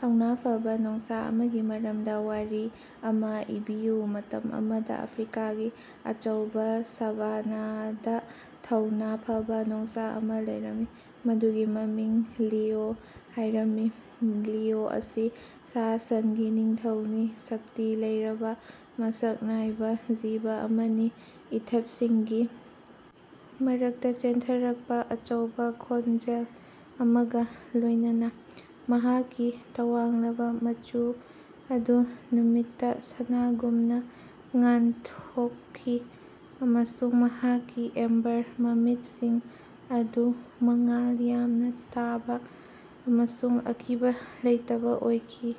ꯊꯧꯅꯥ ꯐꯕꯥ ꯅꯣꯡꯁꯥ ꯑꯃꯒꯤ ꯃꯔꯝꯗ ꯋꯥꯔꯤ ꯑꯃ ꯏꯕꯤꯌꯨ꯫ ꯃꯇꯝ ꯑꯃꯗꯥ ꯑꯐ꯭ꯔꯤꯀꯥꯒꯤ ꯑꯆꯧꯕꯥ ꯁꯥꯚꯥꯅꯥꯗ ꯊꯧꯅꯥ ꯐꯕ ꯅꯣꯡꯁꯥ ꯑꯃ ꯂꯩꯔꯝꯃꯤ꯫ ꯃꯗꯨꯒꯤ ꯃꯃꯤꯡ ꯂꯤꯑꯣ ꯍꯥꯢꯔꯝꯃꯤ꯫ ꯂꯤꯑꯣ ꯑꯁꯤ ꯁꯥ-ꯁꯟꯒꯤ ꯅꯤꯡꯊꯧꯅꯤ ꯁꯛꯇꯤ ꯂꯩꯔꯕꯥ ꯃꯁꯛ ꯅꯥꯏꯕ ꯖꯤꯕ ꯑꯃꯅꯤ ꯏꯊꯠꯁꯤꯡꯒꯤ ꯃꯔꯛꯇꯥ ꯆꯦꯟꯊꯔꯛꯄ ꯑꯆꯧꯕꯥ ꯈꯣꯟꯖꯦꯜ ꯑꯃꯒ ꯂꯣꯢꯅꯅꯥ꯫ ꯃꯍꯥꯛꯀꯤ ꯇꯋꯥꯡꯂꯕ ꯃꯆꯨ ꯑꯗꯨ ꯅꯨꯃꯤꯠꯇ ꯁꯅꯥꯒꯨꯝꯅ ꯉꯥꯟꯊꯣꯛꯈꯤ ꯑꯃꯁꯨꯡ ꯃꯍꯥꯛꯀꯤ ꯑꯦꯝꯕꯔ ꯃꯃꯤꯠꯁꯤꯡ ꯑꯗꯨ ꯃꯉꯥꯜ ꯌꯥꯝꯅꯥ ꯇꯥꯕꯥ ꯑꯃꯁꯨꯡ ꯑꯀꯤꯕꯥ ꯂꯩꯇꯕꯥ ꯑꯣꯏꯈꯤ꯫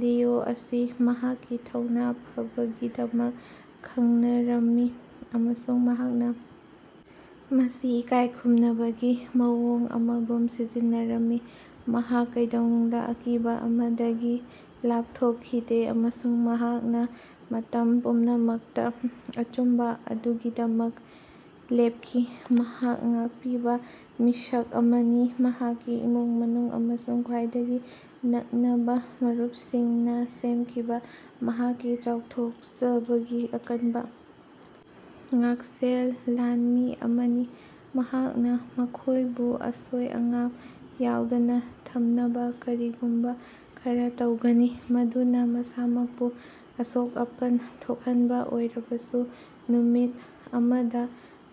ꯂꯤꯑꯣ ꯑꯁꯤ ꯃꯍꯥꯛꯀꯤ ꯊꯧꯅꯥ ꯐꯕꯒꯤꯗꯃꯛ ꯈꯡꯅꯔꯝꯃꯤ ꯑꯃꯁꯨꯡ ꯃꯍꯥꯛꯅ ꯃꯁꯤ ꯏꯀꯥꯢ ꯈꯨꯝꯅꯕꯒꯤ ꯃꯑꯣꯡ ꯑꯃꯒꯨꯝ ꯁꯤꯖꯤꯟꯅꯔꯝꯃꯤ꯫ ꯃꯍꯥꯛ ꯀꯩꯗꯧꯅꯨꯡꯗ ꯑꯀꯤꯕ ꯑꯃꯗꯒꯤ ꯂꯥꯞꯊꯣꯛꯈꯤꯗꯦ ꯑꯃꯁꯨꯡ ꯃꯍꯥꯛꯅ ꯃꯇꯝ ꯄꯨꯝꯅꯃꯛꯇ ꯑꯆꯨꯝꯕ ꯑꯗꯨꯒꯤꯗꯃꯛ ꯂꯦꯞꯈꯤ꯫ ꯃꯍꯥꯛ ꯉꯥꯛꯄꯤꯕ ꯃꯤꯁꯛ ꯑꯃꯅꯤ ꯃꯍꯥꯛꯀꯤ ꯏꯃꯨꯡ ꯃꯅꯨꯡ ꯑꯃꯁꯨꯡ ꯈ꯭ꯋꯥꯏꯗꯒꯤ ꯅꯛꯅꯕ ꯃꯔꯨꯞꯁꯤꯡꯅ ꯁꯦꯝꯈꯤꯕꯥ ꯃꯍꯥꯛꯀꯤ ꯆꯥꯎꯊꯣꯛꯆꯕꯒꯤ ꯑꯀꯟꯕ ꯉꯥꯛꯁꯦꯜ ꯂꯥꯟꯃꯤ ꯑꯃꯅꯤ꯫ ꯃꯍꯥꯛꯅ ꯃꯈꯣꯢꯕꯨ ꯑꯁꯣꯏ ꯑꯉꯥꯝ ꯌꯥꯎꯗꯅ ꯊꯝꯅꯕ ꯀꯔꯤꯒꯨꯝꯕ ꯈꯔ ꯇꯧꯒꯅꯤ ꯃꯗꯨꯅ ꯃꯁꯥꯃꯛꯄꯨ ꯑꯁꯣꯛ-ꯑꯄꯟ ꯊꯣꯛꯍꯟꯕ ꯑꯣꯏꯔꯕꯁꯨ꯫ ꯅꯨꯃꯤꯠ ꯑꯃꯗ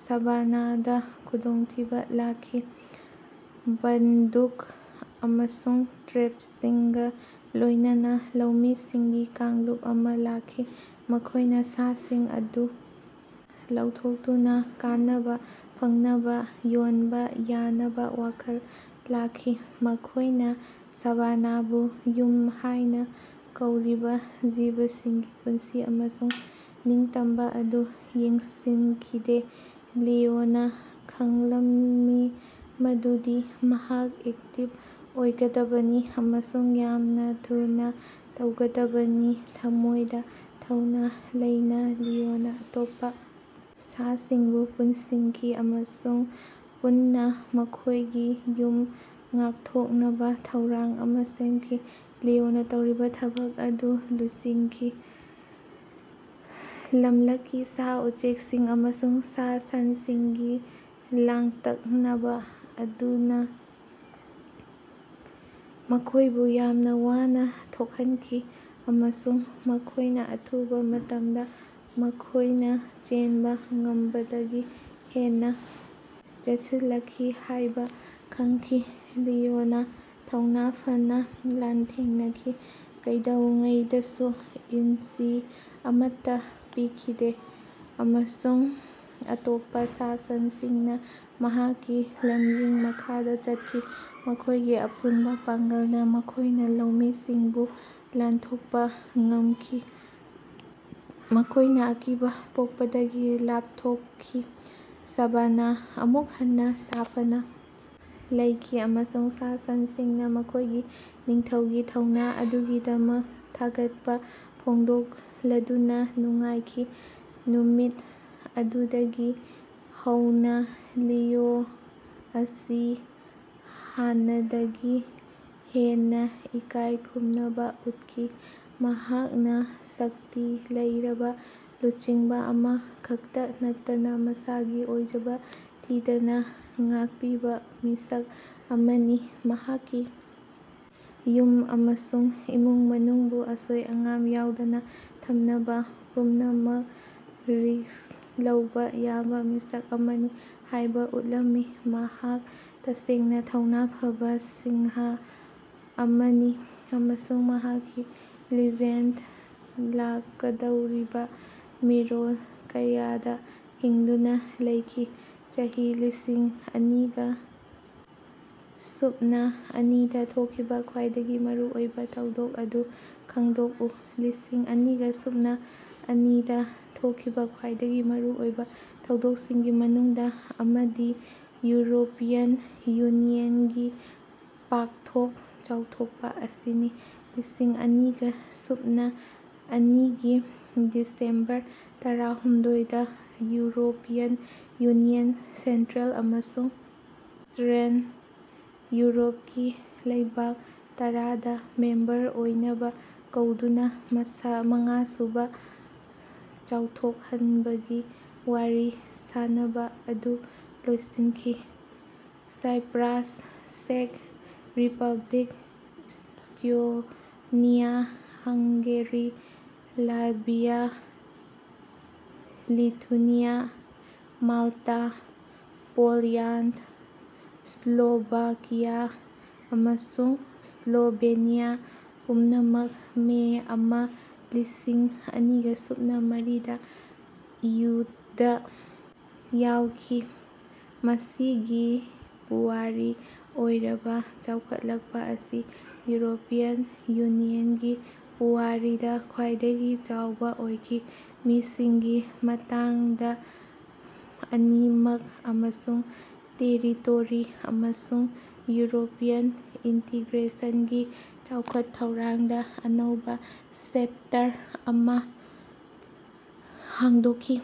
ꯁꯥꯚꯥꯅꯥꯗ ꯈꯨꯗꯣꯡꯊꯤꯕ ꯂꯥꯛꯈꯤ꯫ ꯕꯟꯗꯨꯛ ꯑꯃꯁꯨꯡ ꯇ꯭ꯔꯦꯞꯁꯤꯡꯒ ꯂꯣꯢꯅꯅꯥ ꯂꯧꯃꯤꯁꯤꯡꯒꯤ ꯀꯥꯡꯂꯨꯞ ꯑꯃ ꯂꯥꯛꯈꯤ ꯃꯈꯣꯢꯅ ꯁꯥꯁꯤꯡ ꯑꯗꯨ ꯂꯧꯊꯣꯛꯇꯨꯅꯥ ꯀꯥꯟꯅꯕꯥ ꯐꯪꯅꯕꯥ ꯌꯣꯟꯕꯥ ꯌꯥꯅꯕꯥ ꯋꯥꯈꯜ ꯂꯥꯛꯈꯤ꯫ ꯃꯈꯣꯢꯅ ꯁꯥꯚꯥꯅꯥꯕꯨ ꯌꯨꯝ ꯍꯥꯢꯅ ꯀꯧꯔꯤꯕ ꯖꯤꯕꯁꯤꯡꯒꯤ ꯄꯨꯟꯁꯤ ꯑꯃꯁꯨꯡ ꯅꯤꯡꯇꯝꯕ ꯑꯗꯨ ꯌꯦꯡꯁꯤꯟꯈꯤꯗꯦ꯫ ꯂꯤꯑꯣꯅꯥ ꯈꯡꯂꯝꯃꯤ ꯃꯗꯨꯗꯤ ꯃꯍꯥꯛ ꯑꯦꯛꯇꯤꯕ ꯑꯣꯏꯒꯗꯕꯅꯤ ꯑꯃꯁꯨꯡ ꯌꯥꯝꯅ ꯊꯨꯅꯥ ꯇꯧꯒꯗꯕꯅꯤ꯫ ꯊꯃꯣꯢꯗ ꯊꯧꯅ ꯂꯩꯅ ꯂꯤꯑꯣꯅ ꯑꯇꯣꯞꯄ ꯁꯥꯁꯤꯡꯕꯨ ꯄꯨꯟꯁꯤꯟꯈꯤ ꯑꯃꯁꯨꯡ ꯄꯨꯟꯅ ꯃꯈꯣꯢꯒꯤ ꯌꯨꯝ ꯉꯥꯛꯊꯣꯛꯅꯕ ꯊꯧꯔꯥꯡ ꯑꯃ ꯁꯦꯝꯈꯤ꯫ ꯂꯤꯑꯣꯅ ꯇꯧꯔꯤꯕ ꯊꯕꯛ ꯑꯗꯨꯗ ꯂꯨꯆꯤꯡꯈꯤ꯫ ꯂꯝꯂꯛꯀꯤ ꯁꯥ-ꯎꯆꯦꯛꯁꯤꯡ ꯑꯃꯁꯨꯡ ꯁꯥ-ꯁꯟꯁꯤꯡꯒꯤ ꯂꯥꯡꯇꯛꯅꯕ ꯑꯗꯨꯅ ꯃꯈꯣꯢꯕꯨ ꯌꯥꯝꯅ ꯋꯥꯅ ꯊꯣꯛꯍꯟꯈꯤ ꯑꯃꯁꯨꯡ ꯃꯈꯣꯢꯅ ꯑꯊꯨꯕ ꯃꯇꯝꯗꯥ ꯃꯈꯣꯢꯅꯥ ꯆꯦꯟꯕ ꯉꯝꯕꯗꯒꯤ ꯍꯦꯟꯅꯥ ꯆꯦꯠꯁꯤꯜꯂꯛꯈꯤ ꯍꯥꯢꯕ ꯈꯡꯈꯤ꯫ ꯂꯤꯑꯣꯅ ꯊꯧꯅꯥ ꯐꯅ ꯂꯥꯟꯊꯦꯡꯅꯈꯤ ꯀꯩꯗꯧꯉꯩꯗꯁꯨ ꯏꯟꯆꯤ ꯑꯃꯠꯇꯥ ꯄꯤꯈꯤꯗꯦ ꯑꯃꯁꯨꯡ ꯑꯇꯣꯞꯄ ꯁꯥ-ꯁꯟꯁꯤꯡꯅ ꯃꯍꯥꯛꯀꯤ ꯂꯝꯖꯤꯡ ꯃꯈꯥꯗ ꯆꯠꯈꯤ꯫ ꯃꯈꯣꯢꯒꯤ ꯑꯄꯨꯟꯕ ꯄꯥꯡꯒꯜꯅ ꯃꯈꯣꯢꯅ ꯂꯧꯃꯤꯁꯤꯡꯕꯨ ꯂꯥꯟꯊꯣꯛꯄ ꯉꯝꯈꯤ ꯃꯈꯣꯢꯅ ꯑꯀꯤꯕ ꯄꯣꯛꯄꯗꯒꯤ ꯂꯥꯞꯊꯣꯛꯈꯤ꯫ ꯁꯥꯚꯥꯅꯥ ꯑꯃꯨꯛ ꯍꯟꯅ ꯁꯥꯐꯅꯥ ꯂꯩꯈꯤ ꯑꯃꯁꯨꯡ ꯁꯥ-ꯁꯟꯁꯤꯡꯅ ꯃꯈꯣꯢꯒꯤ ꯅꯤꯡꯊꯧꯒꯤ ꯊꯧꯅꯥ ꯑꯗꯨꯒꯤꯗꯃꯛ ꯊꯥꯒꯠꯄ ꯐꯣꯡꯗꯣꯛꯂꯗꯨꯅ ꯅꯨꯡꯉꯥꯏꯈꯤ꯫ ꯅꯨꯃꯤꯠ ꯑꯗꯨꯗꯒꯤ ꯍꯧꯅꯥ ꯂꯤꯑꯣ ꯑꯁꯤ ꯍꯥꯟꯅꯗꯒꯤ ꯍꯦꯟꯅꯥ ꯏꯀꯥꯢꯈꯨꯝꯅꯕ ꯎꯠꯈꯤ꯫ ꯃꯍꯥꯛꯅ ꯁꯛꯇꯤ ꯂꯩꯔꯕ ꯂꯨꯆꯤꯡꯕ ꯑꯃ ꯈꯛꯇ ꯅꯠꯇꯅ ꯃꯁꯥꯒꯤ ꯑꯣꯏꯖꯕ ꯊꯤꯗꯅ ꯉꯥꯛꯄꯤꯕ ꯃꯤꯁꯛ ꯑꯃꯅꯤ꯫ ꯃꯍꯥꯛꯀꯤ ꯌꯨꯝ ꯑꯃꯁꯨꯡ ꯏꯃꯨꯡ ꯃꯅꯨꯡꯕꯨ ꯑꯁꯣꯏ ꯑꯉꯥꯝ ꯌꯥꯎꯗꯅ ꯊꯝꯅꯕ ꯄꯨꯝꯅꯃꯛ ꯔꯤꯁ꯭ꯛ ꯂꯧꯕ ꯌꯥꯕ ꯃꯤꯁꯛ ꯑꯃꯅꯤ ꯍꯥꯢꯕ ꯎꯠꯂꯝꯃꯤ꯫ ꯃꯍꯥꯛ ꯇꯁꯦꯡꯅ ꯊꯧꯅꯥ ꯐꯕ ꯁꯤꯡꯍ ꯑꯃꯅꯤ ꯑꯃꯁꯨꯡ ꯃꯍꯥꯛꯀꯤ ꯂꯤꯖꯦꯟꯗ ꯂꯥꯛꯀꯗꯧꯔꯤꯕꯥ ꯃꯤꯔꯣꯜ ꯀꯌꯥꯗꯥ ꯍꯤꯡꯗꯨꯅꯥ ꯂꯩꯈꯤ꯫ ꯆꯍꯤ ꯂꯤꯁꯤꯡ ꯑꯅꯤꯒ ꯁꯨꯞꯅ ꯑꯅꯤꯗ ꯊꯣꯛꯈꯤꯕ ꯈ꯭ꯋꯥꯏꯗꯒꯤ ꯃꯔꯨꯑꯣꯏꯕ ꯊꯧꯗꯣꯛ ꯑꯗꯨ ꯈꯡꯗꯣꯛꯎ꯫ ꯂꯤꯁꯤꯡ ꯑꯅꯤꯒ ꯁꯨꯞꯅ ꯑꯅꯤꯗꯥ ꯊꯣꯛꯈꯤꯕ ꯈ꯭ꯋꯥꯏꯗꯒꯤ ꯃꯔꯨꯑꯣꯏꯕ ꯊꯧꯗꯣꯛꯁꯤꯡꯒꯤ ꯃꯅꯨꯡꯗ ꯑꯃꯗꯤ ꯌꯨꯔꯣꯄꯤꯌꯟ ꯌꯨꯅꯤꯌꯟꯒꯤ ꯄꯥꯛꯊꯣꯛ ꯆꯥꯎꯊꯣꯛꯄ ꯑꯁꯤꯅꯤ꯫ ꯂꯤꯁꯤꯡ ꯑꯅꯤꯒ ꯁꯨꯞꯅ ꯑꯅꯤꯒꯤ ꯗꯤꯁꯦꯝꯕꯔ ꯇꯔꯥꯍꯨꯝꯗꯣꯏꯗ ꯌꯨꯔꯣꯄꯤꯌꯟ ꯌꯨꯅꯤꯌꯟꯅ ꯁꯦꯟꯇ꯭ꯔꯦꯜ ꯑꯃꯁꯨꯡ ꯔꯦꯟ ꯌꯨꯔꯣꯄꯀꯤ ꯂꯩꯕꯥꯛ ꯇꯔꯥꯗꯥ ꯃꯦꯝꯕꯔ ꯑꯣꯏꯅꯕ ꯀꯧꯗꯨꯅ ꯃꯁꯥ ꯃꯉꯥꯁꯨꯕꯥ ꯆꯥꯎꯊꯣꯛꯍꯟꯕꯒꯤ ꯋꯥꯔꯤ ꯁꯥꯅꯕꯥ ꯑꯗꯨ ꯂꯣꯏꯁꯤꯟꯈꯤ꯫ ꯁꯥꯏꯞꯔꯥꯁ, ꯆꯦꯛ Republic, Estonia, Hungary, Latvia, Lithuania, Malta, Poland, Slovakia ꯑꯃꯁꯨꯡ ꯁ꯭ꯂꯣꯚꯦꯅꯤꯌꯥ ꯄꯨꯝꯅꯃꯛ ꯃꯦ ꯑꯃꯥ ꯂꯤꯁꯤꯡ ꯑꯅꯤꯒ ꯁꯨꯞꯅ ꯃꯔꯤꯗꯥ ꯏꯌꯨꯗ ꯌꯥꯎꯈꯤ ꯃꯁꯤꯒꯤ ꯄꯨꯋꯥꯔꯤ ꯑꯣꯏꯔꯕ ꯆꯥꯎꯈꯠꯂꯛꯄꯥ ꯑꯁꯤ ꯌꯨꯔꯣꯄꯤꯌꯟ ꯌꯨꯅꯤꯌꯟꯒꯤ ꯄꯨꯋꯥꯔꯤꯗ ꯈ꯭ꯋꯥꯏꯗꯒꯤ ꯆꯥꯎꯕ ꯑꯣꯏꯈꯤ ꯃꯤꯁꯤꯡꯒꯤ ꯃꯇꯥꯡꯗ ꯑꯅꯤꯃꯛ ꯑꯃꯁꯨꯡ ꯇꯦꯔꯤꯇꯣꯔꯤ ꯑꯃꯁꯨꯡ ꯌꯨꯔꯣꯄꯤꯌꯟ ꯏꯟꯇꯤꯒ꯭ꯔꯦꯁꯟꯒꯤ ꯆꯥꯎꯈꯠ-ꯊꯧꯔꯥꯡꯗꯥ ꯑꯅꯧꯕꯥ ꯆꯦꯞꯇꯔ ꯑꯃ ꯍꯥꯡꯗꯣꯛꯈꯤ꯫